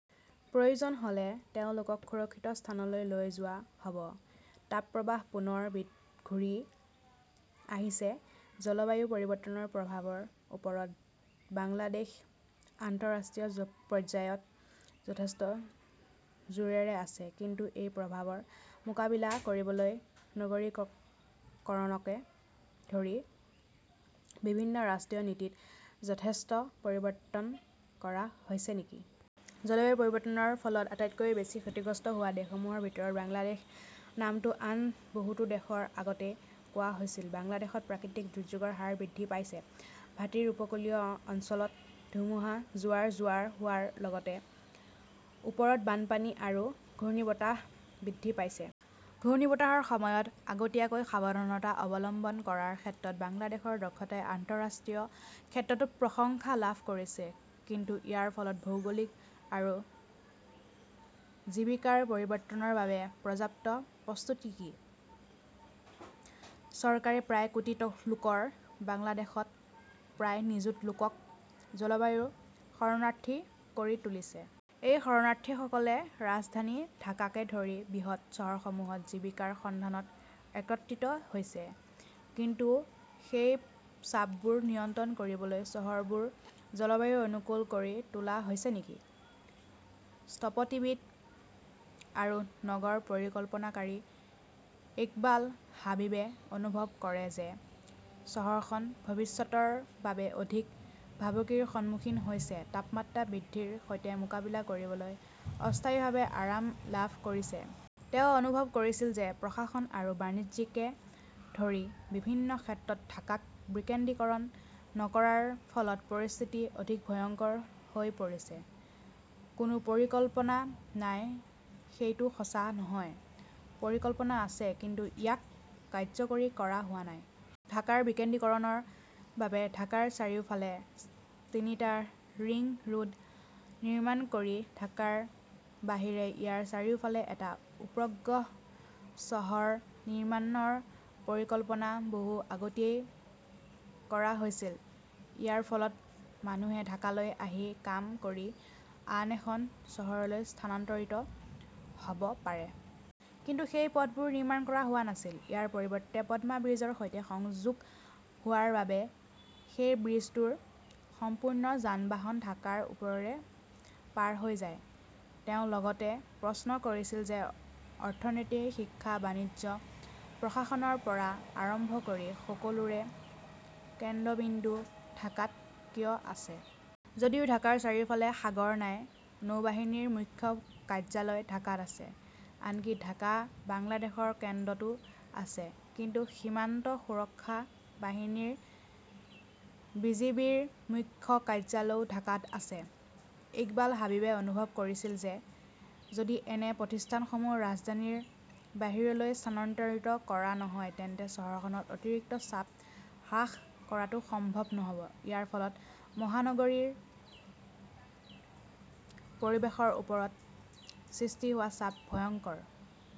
প্ৰয়োজন হ'লে তেওঁলোকক সুৰক্ষিত স্থানলৈ লৈ যোৱা হ'ব। তাপপ্ৰবাহ পুনৰ ঘূৰি আহিছে জলবায়ু পৰিৱৰ্তনৰ প্ৰভাৱৰ ওপৰত বাংলাদেশ আন্তঃৰাষ্ট্ৰীয় পৰ্যায়ত যথেষ্ট জোৰেৰে আছে। কিন্তু এই প্ৰভাৱৰ মোকাবিলা কৰিবলৈ নগৰীকৰণকে ধৰি বিভিন্ন ৰাষ্ট্ৰীয় নীতিত যথেষ্ট পৰিৱৰ্তন কৰা হৈছে নেকি? জলবায়ু পৰিৱৰ্তনৰ ফলত আটাইতকৈ বেছি ক্ষতিগ্ৰস্ত হোৱা দেশসমূহৰ ভিতৰত বাংলাদেশ নামটো আন বহুতো দেশৰ আগতে কোৱা হৈছিল। বাংলাদেশত প্ৰাকৃতিক দুৰ্যোগৰ হাৰ বৃদ্ধি পাইছে। ভাটিৰ উপকূলীয় অঞ্চলত ধুমুহা, জোৱাৰ-জোৱাৰ হোৱাৰ লগতে ওপৰত বানপানী আৰু ঘূৰ্ণীবতাহ বৃদ্ধি পাইছে। ঘূৰ্ণীবতাহৰ সময়ত আগতীয়া সাৱধানতা অৱলম্বন কৰাৰ ক্ষেত্ৰত বাংলাদেশৰ দক্ষতাই আন্তঃৰাষ্ট্ৰীয় ক্ষেত্ৰতো প্ৰশংসা লাভ কৰিছে। কিন্তু ইয়াৰ ফলত ভৌগোলিক আৰু জীৱিকাৰ পৰিৱৰ্তনৰ বাবে পৰ্যাপ্ত প্ৰস্তুতি কি? চৰকাৰে প্ৰায় কোটি লোকৰ বাংলাদেশত প্ৰায় নিযুত লোকক জলবায়ু শৰণাৰ্থী কৰি তুলিছে। এই শৰণাৰ্থীসকলে ৰাজধানী ঢাকাকে ধৰি বৃহৎ চহৰসমূহত জীৱিকাৰ সন্ধানত একত্ৰিত হৈছে। কিন্তু সেই চাপবোৰ নিয়ন্ত্ৰণ কৰিবলৈ চহৰবোৰ জলবায়ু অনুকূল কৰি তোলা হৈছে নেকি? স্থপতিবিদ আৰু নগৰ পৰিকল্পনাকাৰী ইকবাল হাবিবে অনুভৱ কৰে যে চহৰখন ভৱিষ্যতৰ বাবে অধিক ভাবুকিৰ সন্মুখীন হৈছে, তাপমাত্ৰা বৃদ্ধিৰ সৈতে মোকাবিলা কৰিবলৈ অস্থায়ীভাৱে আৰাম লাভ কৰিছে। তেওঁ অনুভৱ কৰিছিল যে প্ৰশাসন আৰু বাণিজ্যকে ধৰি বিভিন্ন ক্ষেত্ৰত ঢাকাক বিকেন্দ্ৰীকৰণ নকৰাৰ ফলত পৰিস্থিতি অধিক ভয়ংকৰ হৈ পৰিছে। "কোনো পৰিকল্পনা নাই সেইটো সঁচা নহয়। পৰিকল্পনা আছে, কিন্তু ইয়াক কাৰ্যকৰী কৰা হোৱা নাই। ঢাকাৰ বিকেন্দ্ৰীকৰণৰ বাবে ঢাকাৰ চাৰিওফালে তিনিটা ৰিং ৰোড নিৰ্মাণ কৰি ঢাকাৰ বাহিৰে ইয়াৰ চাৰিওফালে এটা উপগ্ৰহ চহৰ নিৰ্মাণৰ পৰিকল্পনা বহু আগতেই কৰা হৈছিল। ইয়াৰ ফলত মানুহে ঢাকালৈ আহি কাম কৰি আন এখন চহৰলৈ স্থানান্তৰিত হ'ব পাৰে। কিন্তু সেই পথবোৰ নিৰ্মাণ কৰা হোৱা নাছিল। ইয়াৰ পৰিৱৰ্তে, পদ্মা ব্ৰীজৰ সৈতে সংযোগ হোৱাৰ বাবে সেই ব্ৰীজটোৰ সম্পূৰ্ণ যান-বাহন ঢাকাৰ ওপৰেৰে পাৰ হৈ যায়। তেওঁ লগতে প্ৰশ্ন কৰিছিল যে অৰ্থনীতি, শিক্ষা, বাণিজ্য, প্ৰশাসনৰ পৰা আৰম্ভ কৰি সকলোৰে কেন্দ্ৰবিন্দু ঢাকাত কিয় আছে। যদিও ঢাকাৰ চাৰিওফালে সাগৰ নাই, নৌবাহিনীৰ মুখ্য কাৰ্যালয় ঢাকাত আছে, আনকি ঢাকা বাংলাদেশৰ কেন্দ্ৰতো আছে, কিন্তু সীমান্ত সুৰক্ষা বাহিনীৰ বিজিবিৰ মুখ্য কাৰ্যালয়ও ঢাকাত আছে। ইকবাল হাবিবে অনুভৱ কৰিছিল যে, যদি এনে প্ৰতিষ্ঠানসমূহ ৰাজধানীৰ বাহিৰলৈ স্থানান্তৰিত কৰা নহয়, তেন্তে চহৰখনত অতিৰিক্ত চাপ হ্ৰাস কৰাটো সম্ভৱ নহ'ব। ইয়াৰ ফলত মহানগৰীৰ পৰিৱেশৰ ওপৰত সৃষ্টি হোৱা চাপ ভয়ংকৰ।